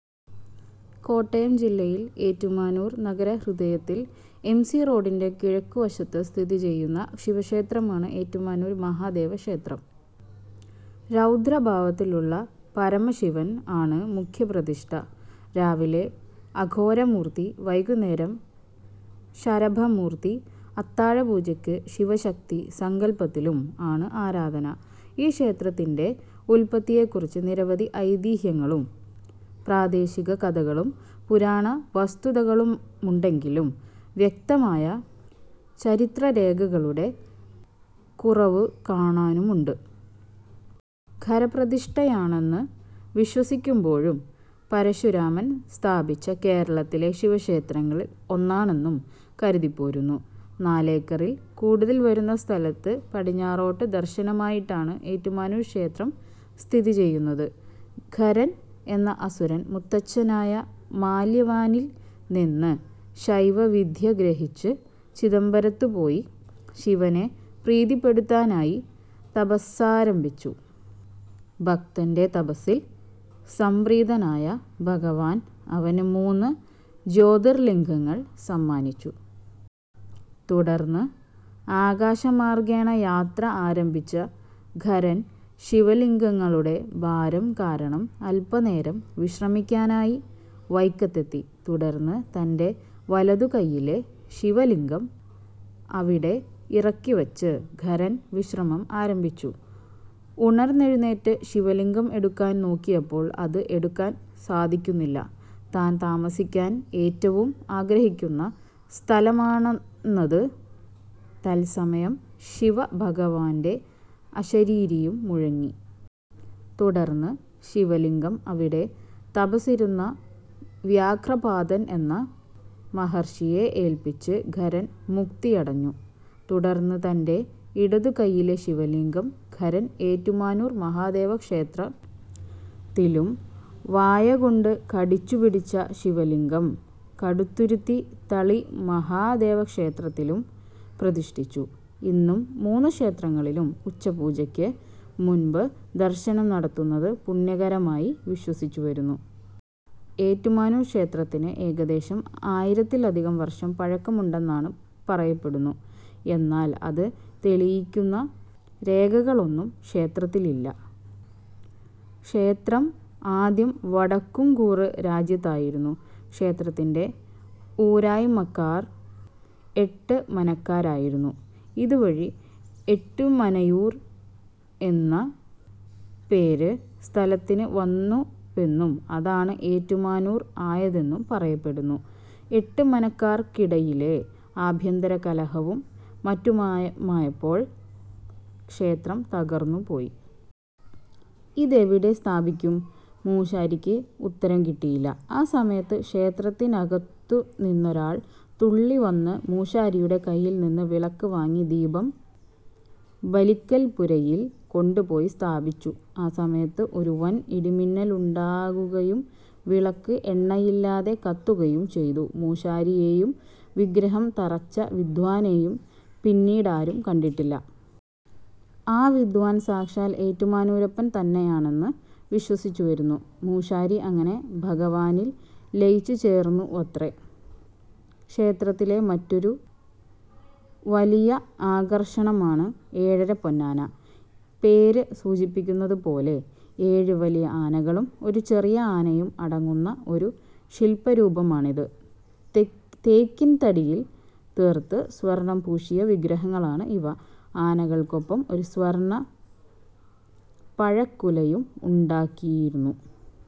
കോട്ടയം ജില്ലയിൽ ഏറ്റുമാനൂർ നഗരഹൃദയത്തിൽ M. C. റോഡിന്റെ കിഴക്കുവശത്ത് സ്ഥിതിചെയ്യുന്ന ശിവക്ഷേത്രമാണ് ഏറ്റുമാനൂർ മഹാദേവ ക്ഷേത്രം. രൗദ്ര ഭാവത്തിലുള്ള പരമശിവൻ ആണ് മുഖ്യ പ്രതിഷ്ഠ. രാവിലെ അഘോരമൂർത്തി, വൈകുന്നേരം ശരഭമൂർത്തി, അത്താഴപൂജക്ക് ശിവശക്തി സങ്കല്പത്തിലും ആണ് ആരാധന. ഈ ക്ഷേത്രത്തിന്റെ ഉത്പത്തിയെക്കുറിച്ച് നിരവധി ഐതിഹ്യങ്ങളും, പ്രാദേശിക കഥകളും പുരാണ വസ്തുതകളുമുണ്ടെങ്കിലും വ്യക്തമായ ചരിത്രരേഖകളുടെ കുറവുകാണുന്നുണ്ട്. ഖരപ്രതിഷ്ഠയാണന്നു വിശ്വസിക്കുമ്പോഴും പരശുരാമൻ സ്ഥാപിച്ച കേരളത്തിലെ ശിവക്ഷേത്രങ്ങളിൽ ഒന്നാണന്നും കരുതിപോരുന്നു. നാലേക്കറിൽ കൂടുതൽ വരുന്ന സ്ഥലത്ത് പടിഞ്ഞാറോട്ട് ദർശനമായിട്ടാണ് ഏറ്റുമാനൂർ ക്ഷേത്രം സ്ഥിതിചെയ്യുന്നത്.. ഖരൻ എന്ന അസുരൻ മുത്തച്ഛനായ മാല്യവാനിൽ നിന്ന് ശൈവവിദ്യ ഗ്രഹിച്ച് ചിദംബരത്തുപോയി ശിവനെ പ്രീതിപ്പെടുത്താനായി തപസ്സാരംഭിച്ചു. ഭക്തന്റെ തപസ്സിൽ സംപ്രീതനായ ഭഗവാൻ അവന് മൂന്ന് ജ്യോതിർലിംഗങ്ങൾ സമ്മാനിച്ചു. തുടർന്ന്, ആകാശമാർഗ്ഗേണ യാത്ര ആരംഭിച്ച ഖരൻ ശിവലിംഗങ്ങളുടെ ഭാരം കാരണം അല്പനേരം വിശ്രമിയ്ക്കാനായി വൈക്കത്തെത്തി. തുടർന്ന്, തന്റെ വലതുകയ്യിലെ ശിവലിംഗം അവിടെ ഇറക്കിവച്ച് ഖരൻ വിശ്രമം ആരംഭിച്ചു. ഉണർന്നെഴുന്നേറ്റ് ശിവലിംഗം എടുക്കാൻ നോക്കിയപ്പോൾ അത് എടുക്കാൻ സാധിയ്ക്കുന്നില്ല. താൻ താമസിയ്ക്കാൻ ഏറ്റവും ആഗ്രഹിയ്ക്കുന്ന സ്ഥലമാണെന്നത് തത്സമയം ശിവഭഗവാന്റെ അശരീരിയും മുഴങ്ങി. തുടർന്ന്, ശിവലിംഗം അവിടെ തപസ്സിരുന്ന വ്യാഘ്രപാദൻ എന്ന മഹർഷിയെ ഏല്പിച്ച് ഖരൻ മുക്തിയടഞ്ഞു. തുടർന്ന് തന്റെ ഇടതുകയ്യിലെ ശിവലിംഗം ഖരൻ ഏറ്റുമാനൂർ മഹാദേവക്ഷേത്രത്തിലും വായ കൊണ്ട് കടിച്ചുപിടിച്ച ശിവലിംഗം കടുത്തുരുത്തി തളി മഹാദേവക്ഷേത്രത്തിലും പ്രതിഷ്ഠിച്ചു. ഇന്നും മൂന്ന് ക്ഷേത്രങ്ങളിലും ഉച്ചപ്പൂജയ്ക്ക് മുമ്പ് ദർശനം നടത്തുന്നത് പുണ്യകരമായി വിശ്വസിച്ചുവരുന്നു. ഏറ്റുമാനൂർ ക്ഷേത്രത്തിന് ഏകദേശം ആയിരത്തിലധികം വർഷം പഴക്കമുണ്ടെന്നാണ് പറയപ്പെടുന്നു. എന്നാൽ, അത് തെളിയിയ്ക്കുന്ന രേഖകളൊന്നും ക്ഷേത്രത്തിലില്ല. ക്ഷേത്രം ആദ്യം വടക്കുംകൂർ രാജ്യത്തായിരുന്നു. ക്ഷേത്രത്തിന്റെ ഊരായ്മക്കാർ എട്ട് മനക്കാരായിരുന്നു. ഇതുവഴി 'എട്ടുമനയൂർ' എന്ന പേര് സ്ഥലത്തിന് വന്നുവെന്നും അതാണ് ഏറ്റുമാനൂർ ആയതെന്നും പറയപ്പെടുന്നു. എട്ട് മനക്കാർക്കിടയിലെ ആഭ്യന്തരകലഹവും മറ്റുമായപ്പോൾ ക്ഷേത്രം തകർന്നുപോയി. ഇതെവിടെ സ്ഥാപിയ്ക്കും? ' മൂശാരിയ്ക്ക് ഉത്തരം കിട്ടിയില്ല. ആ സമയത്ത് ക്ഷേത്രത്തിനകത്തുനിന്നൊരാൾ തുള്ളിവന്ന് മൂശാരിയുടെ കയ്യിൽ നിന്ന് വിളക്ക് വാങ്ങി ദീപം ബലിക്കൽപ്പുരയിൽ കൊണ്ടുപോയി സ്ഥാപിച്ചു. ആ സമയത്ത് ഒരു വൻ ഇടിമിന്നലുണ്ടാകുകയും വിളക്ക് എണ്ണയില്ലാതെ കത്തുകയും ചെയ്തു. മൂശാരിയെയും വിഗ്രഹം തറച്ച വിദ്വാനെയും പിന്നീടാരും കണ്ടിട്ടില്ല. ആ വിദ്വാൻ സാക്ഷാൽ ഏറ്റുമാനൂരപ്പൻ തന്നെയാണെന്ന് വിശ്വസിച്ചുവരുന്നു. മൂശാരി അങ്ങനെ ഭഗവാനിൽ ലയിച്ചുചേർന്നുവത്രേ! ക്ഷേത്രത്തിലെ മറ്റൊരു വലിയ ആകർഷണമാണ് ഏഴരപ്പൊന്നാന. പേര് സൂചിപ്പിയ്ക്കുന്നതുപോലെ ഏഴ് വലിയ ആനകളും ഒരു ചെറിയ ആനയും അടങ്ങുന്ന ഒരു ശില്പരൂപമാണിത്. തേക്കിൻതടിയിൽ തീർത്ത് സ്വർണ്ണം പൂശിയ വിഗ്രഹങ്ങളാണ് ഇവ. ആനകൾക്കൊപ്പം ഒരു സ്വർണ്ണ പഴക്കുലയും ഉണ്ടാക്കിയിരുന്നു.